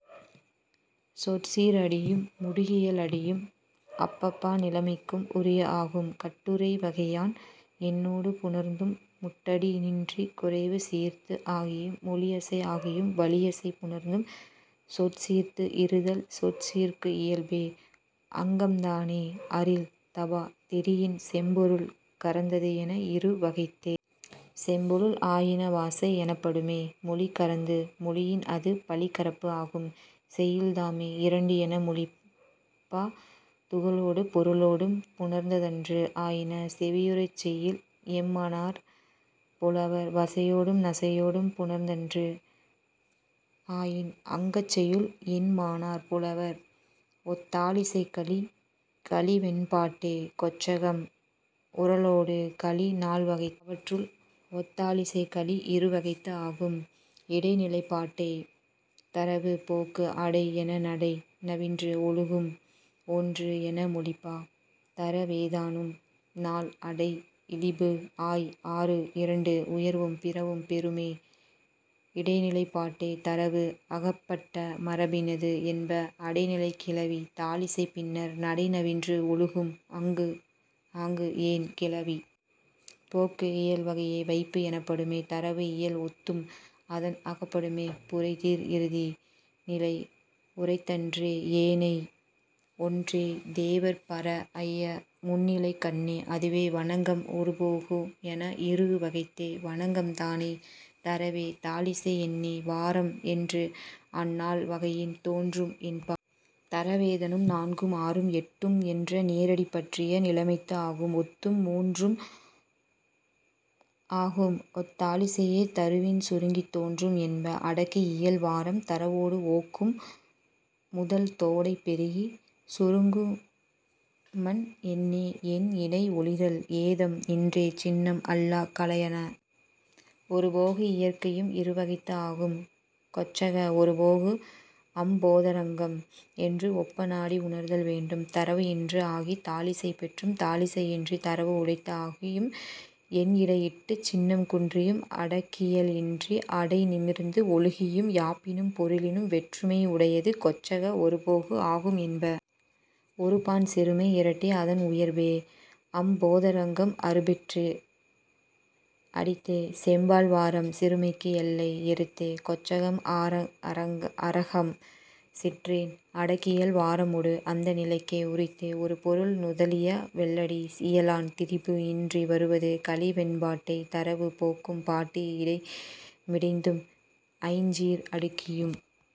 சொற்சீர் அடியும் முடுகியல் அடியும் அப்பப்பா நிலைமைக்கு உரிய ஆகும். கட்டுரை வகையான் எண்ணொடு புணர்ந்தும் முட்டடி இன்றிக் குறைவு சீர்த்து ஆகியும் மொழி அசை ஆகியும் வழி அசை புணர்ந்தும் சொற்சீர்த்து இறுதல் சொற்சீர்க்கு இயல்பே. அங்கதம்தானே அரில் தபத் தெரியின் செம்பொருள் கரந்தது என இரு வகைத்தே. செம்பொருள் ஆயின வாசை எனப்படுமே. மொழி கரந்து மொழியின் அது பழிகரப்பு ஆகும். செய்யுள்தாமே இரண்டு என மொழிப. துகளொடும் பொருளொடும் புணர்ந்தன்று ஆயின் செவியுறைச் செய்யுள் என்மனார் புலவர். வசையொடும் நசையொடும் புணர்ந்தன்று ஆயின் அங்கதச் செய்யுள் என்மனார் புலவர். ஒத்தாழிசைக்கலி கலிவெண்பாட்டே கொச்சகம் உறழொடு கலி நால் வகைத்தே. அவற்றுள், ஒத்தாழிசைக்கலி இரு வகைத்து ஆகும். இடைநிலைப்பாட்டே தரவு போக்கு அடை என நடை நவின்று ஒழுகும் ஒன்று என மொழிப. தரவேதானும் நால் அடி இழிபு ஆய் ஆறு இரண்டு உயர்வும் பிறவும் பெறுமே. இடைநிலைப்பாட்டே, தரவு அகப்பட்ட மரபினது என்ப. அடை நிலைக் கிளவி தாழிசைப் பின்னர் நடை நவின்று ஒழுகும் ஆங்கு என் கிளவி. போக்கு இயல் வகையே வைப்பு எனப்படுமே தரவு இயல் ஒத்தும் அதன் அகப்படுமே புரை தீர் இறுதி நிலை உரைத்தன்றே. ஏனை ஒன்றே, தேவர்ப் பராஅய முன்னிலைக்கண்ணே. அதுவே, வண்ணகம் ஒருபோகு என இரு வகைத்தே. வண்ணகம்தானே, தரவே தாழிசை எண்ணே வாரம் என்று அந் நால் வகையின் தோன்றும் என்ப. தரவேதானும், நான்கும் ஆறும் எட்டும் என்ற நேரடி பற்றிய நிலைமைத்து ஆகும். ஒத்து மூன்று ஆகும் ஒத்தாழிசையே தரவின் சுருங்கித் தோன்றும் என்ப. அடக்கு இயல் வாரம் தரவொடு ஒக்கும். முதல் தொடை பெருகிச் சுருங்குமன் எண்ணே. எண் இடை ஒழிதல் ஏதம் இன்றே சின்னம் அல்லாக் கலையன. ஒருபோகு இயற்கையும் இரு வகைத்து ஆகும். கொச்சக ஒருபோகு அம்போதரங்கம் என்று ஒப்ப நாடி உணர்தல் வேண்டும். தரவு இன்று ஆகித் தாழிசை பெற்றும் தாழிசை இன்றித் தரவு உடைத்து ஆகியும் எண் இடை இட்டுச் சின்னம் குன்றியும் அடக்கியல் இன்றி அடி நிமிர்ந்து ஒழுகியும் யாப்பினும் பொருளினும் வேற்றுமை உடையது கொச்சக ஒருபோகு ஆகும் என்ப. ஒருபான் சிறுமை இரட்டி அதன் உயர்பே. அம்போதரங்கம் அறுபதிற்று அடித்தே செம்பால் வாரம் சிறுமைக்கு எல்லை. எருத்தே கொச்சகம் அரகம் சிற்றெண் அடக்கியல் வாரமொடு அந் நிலைக்கு உரித்தே. ஒரு பொருள் நுதலிய வெள்ளடி இயலான் திரிபு இன்றி வருவது கலிவெண்பாட்டே. தரவும் போக்கும் பாட்டு இடை மிடைந்தும் ஐஞ் சீர் அடுக்கியும்